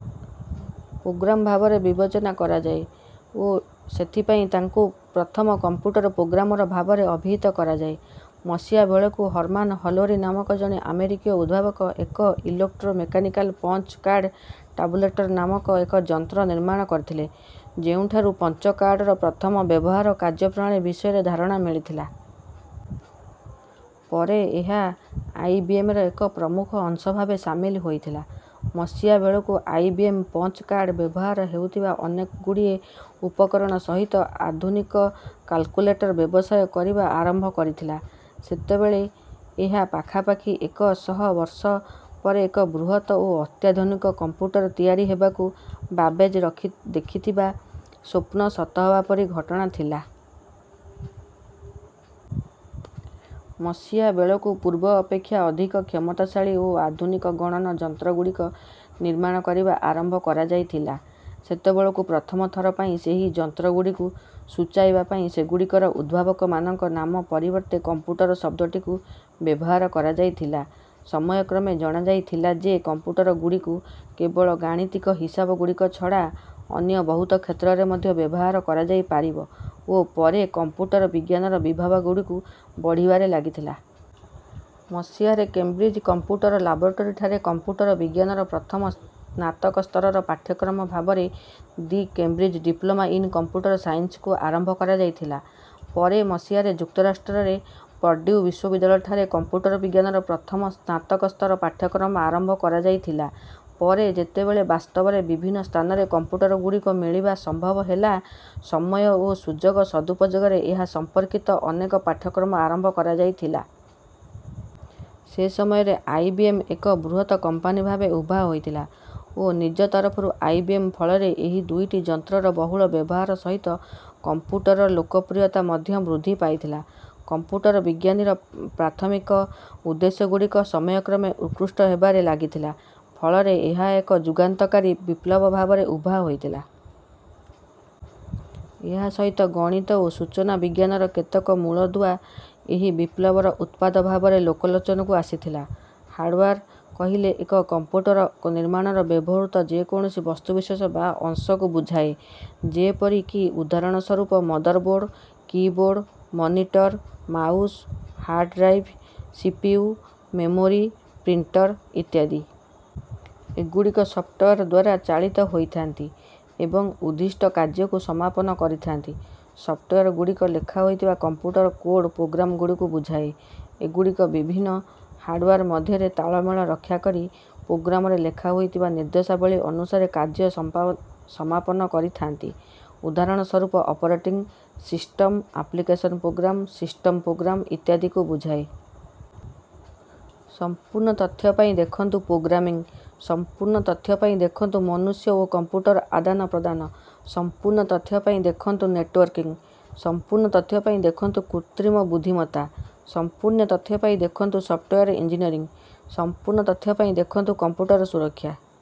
Programme ଭାବରେ ବିବେଚନା କରାଯାଏ ଓ ସେଥିପାଇଁ ତାଙ୍କୁ ପ୍ରଥମ କମ୍ପ୍ୟୁଟର ପ୍ରୋଗ୍ରାମର ଭାବରେ ଅଭିହିତ କରାଯାଏ। ମସିହା ବେଳକୁ ହର୍ମାନ ହୋଲେରୀ ନାମକ ଜଣେ ଆମେରିକୀୟ ଉଦ୍ଭାବକ ଏକ ଇଲେକ୍ଟ୍ରୋ-ମେକାନିକାଲ ପଞ୍ଚ କାର୍ଡ ଟାବୁଲେଟର ନାମରେ ଏକ ଯନ୍ତ୍ର ନିର୍ମାଣ କରିଥିଲେ, ଯେଉଁଠାରୁ ପଞ୍ଚ କାର୍ଡର ପ୍ରଥମ ବ୍ୟବହାର କାର୍ଯ୍ୟ ପ୍ରଣାଳୀ ବିଷୟରେ ଧାରଣା ମିଳିଥିଲା। ପରେ ଏହା ଆଇବିଏମର ଏକ ପ୍ରମୁଖ ଅଂଶ ଭାବେ ସାମିଲ ହୋଇଥିଲା। ମସିହା ବେଳକୁ ଆଇବିଏମ ପଞ୍ଚ କାର୍ଡ ବ୍ୟବହାର ହେଉଥିବା ଅନେକଗୁଡ଼ିଏ ଉପକରଣ ସହିତ ଆଧୁନିକ କାଲକୁଲେଟରର ବ୍ୟବସାୟ କରିବା ଆରମ୍ଭ କରିଥିଲା। ସେତେବେଳେ ଏହା ପାଖାପାଖି ଏକ ଶହ ବର୍ଷ ପରେ ଏକ ବୃହତ ଓ ଅତ୍ୟାଧୁନିକ କମ୍ପ୍ୟୁଟର ତିଆରି କରିବାକୁ ବାବେଜ ଦେଖିଥିବା ସ୍ୱପ୍ନ ସତ ହେବା ପରି ଘଟଣା ଥିଲା। ମସିହା ବେଳକୁ ପୂର୍ବ ଅପେକ୍ଷା ଅଧିକ କ୍ଷମତାଶାଳୀ ଓ ଆଧୁନିକ ଗଣନ ଯନ୍ତ୍ରଗୁଡ଼ିକ ନିର୍ମାଣ କରିବା ଆରମ୍ଭ କରାଯାଇଥିଲା। ସେତେବେଳକୁ ପ୍ରଥମ ଥର ପାଇଁ ସେହି ଯନ୍ତ୍ରଗୁଡ଼ିକୁ ସୂଚାଇବା ପାଇଁ ସେଗୁଡ଼ିକର ଉଦ୍ଭାବକମାନଙ୍କ ନାମ ପରିବର୍ତ୍ତେ କମ୍ପ୍ୟୁଟର ଶବ୍ଦଟିକୁ ବ୍ୟବହାର କରାଯାଇଥିଲା। ସମୟକ୍ରମେ ଜଣାଯାଇଥିଲା ଯେ କମ୍ପ୍ୟୁଟରଗୁଡ଼ିକୁ କେବଳ ଗାଣିତିକ ହିସାବଗୁଡ଼ିକ ଛଡ଼ା ଅନ୍ୟ ବହୁତ କ୍ଷେତ୍ରରେ ମଧ୍ୟ ବ୍ୟବହାର କରାଯାଇପାରିବ, ଓ ପରେ କମ୍ପ୍ୟୁଟର ବିଜ୍ଞାନର ବିଭାଗଗୁଡ଼ିକ ବଢ଼ିବାରେ ଲାଗିଥିଲା। ମସିହାରେ କେମ୍ବ୍ରିଜ କମ୍ପ୍ୟୁଟର ଲାବୋରେଟୋରୀଠାରେ କମ୍ପ୍ୟୁଟର ବିଜ୍ଞାନରେ ପ୍ରଥମ ସ୍ନାତକ ସ୍ତରର ପାଠ୍ୟକ୍ରମ ଭାବରେ the Cambridge diploma in computer ସାଇନ୍ସକୁ ଆରମ୍ଭ କରାଯାଇଥିଲା। ପରେ ମସିହାରେ ଯୁକ୍ତରାଷ୍ଟ୍ରରେ ପର୍ଡୁ ବିଶ୍ୱବିଦ୍ୟାଳୟଠାରେ କମ୍ପ୍ୟୁଟର ବିଜ୍ଞାନରେ ପ୍ରଥମ ସ୍ନାତକ ସ୍ତର ପାଠ୍ୟକ୍ରମ ଆରମ୍ଭ କରାଯାଇଥିଲା। ପରେ ଯେତେବେଳେ ବାସ୍ତବରେ ବିଭିନ୍ନ ସ୍ଥାନରେ କମ୍ପ୍ୟୁଟରଗୁଡ଼ିକ ମିଳିବା ସମ୍ଭବ ହେଲା, ସମୟ ଓ ସୁଯୋଗ ସଦୁପଯୋଗରେ ଏହା ସମ୍ପର୍କିତ ଅନେକ ପାଠ୍ୟକ୍ରମ ଆରମ୍ଭ କରାଯାଇଥିଲା। ସେ ସମୟରେ ଆଇବିଏମ ଏକ ବୃହତ କମ୍ପାନୀ ଭାବେ ଉଭା ହୋଇଥିଲା, ଓ ନିଜ ତରଫରୁ ଆଇବିଏମ ଫଳରେ ଏହି ଦୁଇଟି ଯନ୍ତ୍ରର ବହୁଳ ବ୍ୟବହାର ସହିତ କମ୍ପ୍ୟୁଟରର ଲୋକପ୍ରିୟତା ମଧ୍ୟ ବୃଦ୍ଧି ପାଇଥିଲା। କମ୍ପ୍ୟୁଟର ବିଜ୍ଞାନିର ପ୍ରାଥମିକ ଉଦ୍ଦେଶ୍ୟଗୁଡ଼ିକ ସମୟକ୍ରମେ ଉତ୍କୃଷ୍ଟ ହେବାରେ ଲାଗିଥିଲା, ଫଳରେ ଏହା ଏକ ଯୁଗାନ୍ତକାରୀ ବିପ୍ଲବ ଭାବରେ ଉଭା ହୋଇଥିଲା। ଏହା ସହିତ ଗଣିତ ଓ ସୂଚନା ବିଜ୍ଞାନର କେତେକ ମୂଳଦୁଆ ଏହି ବିପ୍ଳବର ଉତ୍ପାଦ ଭାବରେ ଲୋକଲୋଚନକୁ ଆସିଥିଲା। ହାର୍ଡୱେର କହିବାକୁ ଗଲେ କମ୍ପ୍ୟୁଟର ନିର୍ମାଣରେ ବ୍ୟବହୃତ ଯେକୌଣସି ବସ୍ତୁବିଶେଷ ବା ଅଂଶକୁ ବୁଝାଏ। ଯେପରିକି ଉଦାହରଣ ସ୍ୱରୂପ motherboard, keyboard, monitor, mouse, hard drive, CPU, memory, printer ଇତ୍ୟାଦି। ଏଗୁଡ଼ିକ ସଫ୍ଟୱେର ଦ୍ୱାରା ଚାଳିତ ହୋଇଥାନ୍ତି ଏବଂ ଉଦ୍ଦିଷ୍ଟ କାର୍ଯ୍ୟକୁ ସମାପନ କରିଥାନ୍ତି। ସଫ୍ଟୱେରଗୁଡ଼ିକ ଲେଖା ହୋଇଥିବା କମ୍ପ୍ୟୁଟର କୋଡ଼ ପ୍ରୋଗ୍ରାମଗୁଡ଼ିକୁ ବୁଝାଏ। ଏଗୁଡ଼ିକ ବିଭିନ୍ନ ହାର୍ଡୱେର ମଧ୍ୟରେ ତାଳମେଳ ରକ୍ଷା କରି ପ୍ରୋଗ୍ରାମରେ ଲେଖା ହୋଇଥିବା ନିର୍ଦ୍ଦେଶାବଳୀ ଅନୁସାରେ କାର୍ଯ୍ୟ ସମାପନ କରିଥାନ୍ତି। ଉଦାହରଣ ସ୍ୱରୂପ operating system, application program, system program ଇତ୍ୟାଦିଙ୍କୁ ବୁଝାଏ। ସମ୍ପୂର୍ଣ୍ଣ ତଥ୍ୟ ପାଇଁ ଦେଖନ୍ତୁ ପ୍ରୋଗ୍ରାମିଂ, ସମ୍ପୂର୍ଣ୍ଣ ତଥ୍ୟ ପାଇଁ ଦେଖନ୍ତୁ ମନୁଷ୍ୟ ଓ କମ୍ପ୍ୟୁଟର ଆଦାନପ୍ରଦାନ, ସମ୍ପୂର୍ଣ୍ଣ ତଥ୍ୟ ପାଇଁ ଦେଖନ୍ତୁ ନେଟୱର୍କିଂ, ସମ୍ପୂର୍ଣ୍ଣ ତଥ୍ୟ ପାଇଁ ଦେଖନ୍ତୁ କୃତ୍ରିମ ବୁଦ୍ଧିମତ୍ତା, ସମ୍ପୂର୍ଣ୍ଣ ତଥ୍ୟ ପାଇଁ ଦେଖନ୍ତୁ ସଫ୍ଟୱେର ଇଞ୍ଜିନିୟରିଂ, ସମ୍ପୂର୍ଣ୍ଣ ତଥ୍ୟ ପାଇଁ ଦେଖନ୍ତୁ କମ୍ପ୍ୟୁଟର ସୁରକ୍ଷା।